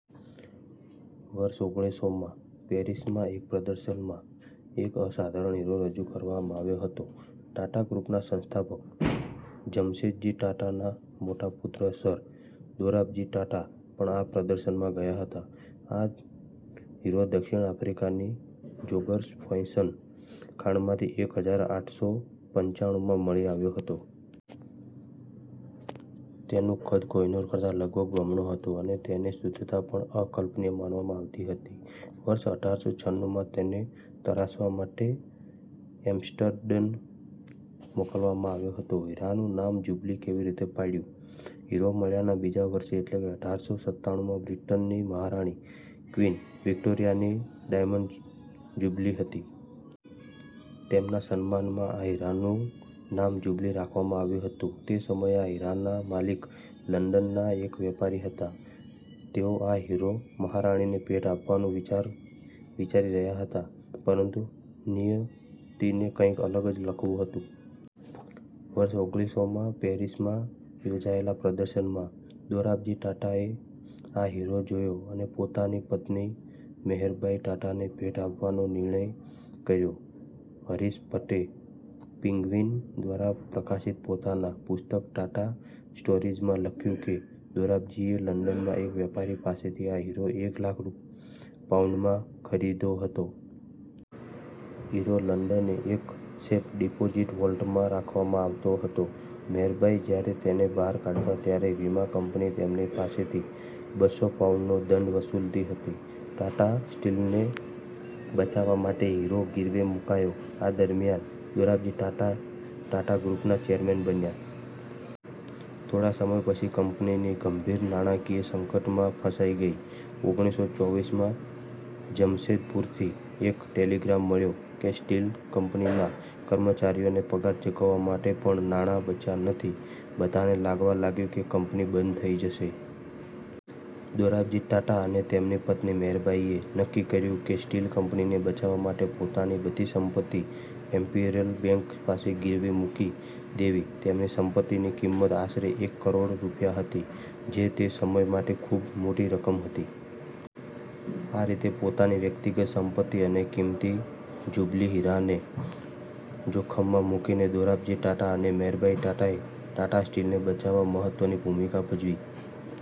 વર્ષ ઓગળીસોમાં પેરિસમાં એક પ્રદર્શનમાં એક અસાધારણ હીરો રજૂ કરવામાં આવ્યો હતો. ટાટા ગ્રૂપના સંસ્થાપક જમશેદજી ટાટાના મોટા પુત્ર સર દોરાબજી ટાટા પણ આ પ્રદર્શનમાં ગયા હતા. આ હીરો દક્ષિણ આફ્રિકાની જૅગર્સફૉન્ટેઇન ખાણમાંથી એક હજાર આઠ સો પંચાણુંમાં મળી આવ્યો હતો. તેનું કદ કોહિનૂર કરતાં લગભગ બમણું હતું અને તેની શુદ્ધતા પણ અકલ્પનીય માનવામાં આવતી હતી. વર્ષ અઢારસો છનુમાં તેને તરાશવા માટે એમ્સ્ટર્ડમ મોકલવામાં આવ્યો હતો. હીરાનું નામ “જુબલી” કેવી રીતે પડ્યું? હીરો મળ્યાના બીજા વર્ષે, એટલે કે અઢારસો સત્તાનુંમાં, બ્રિટનની મહારાણી ક્વીન વિક્ટોરિયાની ડાયમંડ જુબલી હતી. તેમના સન્માનમાં આ હીરાનું નામ “જુબલી” રાખવામાં આવ્યું હતું. તે સમયે આ હીરાના માલિક લંડનના એક વેપારી હતા. તેઓ આ હીરો મહારાણીને ભેટમાં આપવાનું વિચારી રહ્યા હતા. પરંતુ નિયતિએ કંઈક અલગ જ લખ્યું હતું. વર્ષ ઓગળીસોમાં પેરિસમાં યોજાયેલા પ્રદર્શનમાં દોરાબજી ટાટાએ આ હીરો જોયો અને પોતાની પત્ની મેહેરબાઈ ટાટાને ભેટમાં આપવાનો નિર્ણય કર્યો. હરીશ ભટે પેંગ્વિન દ્વારા પ્રકાશિત પોતાના પુસ્તક ટાટા સ્ટોરીઝમાં લખ્યું છે કે દોરાબજીએ લંડનના એક વેપારી પાસેથી આ હીરો એક લાખ પાઉન્ડમાં ખરીદ્યો હતો. હીરો લંડનની એક સેફ ડિપોઝિટ વૉલ્ટમાં રાખવામાં આવતો હતો. મેહેરબાઈ જ્યારે તેને બહાર કાઢતા, ત્યારે વીમા કંપની તેમની પાસેથી બસ્સો પાઉન્ડનો દંડ વસૂલતી હતી. ટાટા સ્ટીલને બચાવવા માટે હીરો ગીરવે મૂકાયો આ દરમિયાન દોરાબજી ટાટા ટાટા ગ્રૂપના ચેરમેન બન્યા. થોડા સમય પછી કંપની ગંભીર નાણાકીય સંકટમાં ફસાઈ ગઈ. ઓગણીસો ચોવીસમાં જમશેદપુરથી એક ટેલિગ્રામ મળ્યો કે સ્ટીલ કંપનીના કર્મચારીઓને પગાર ચૂકવવા માટે પણ નાણાં બચ્યાં નથી. બધાને લાગવા લાગ્યું કે કંપની બંધ થઈ જશે. દોરાબજી ટાટા અને તેમની પત્ની મેહેરબાઈએ નક્કી કર્યું કે સ્ટીલ કંપનીને બચાવવા માટે પોતાની બધી સંપત્તિ ઈમ્પિરિયલ બેન્ક પાસે ગીરવે મૂકી દેવી. તેમની સંપત્તિની કિંમત આશરે એક કરોડ રૂપિયા હતી, જે તે સમય માટે ખૂબ મોટી રકમ હતી. આ રીતે, પોતાની વ્યક્તિગત સંપત્તિ અને કિંમતી જુબલી હીરાને જોખમમાં મૂકીને દોરાબજી ટાટા અને મેહેરબાઈ ટાટાએ ટાટા સ્ટીલને બચાવવામાં મહત્વની ભૂમિકા ભજવી.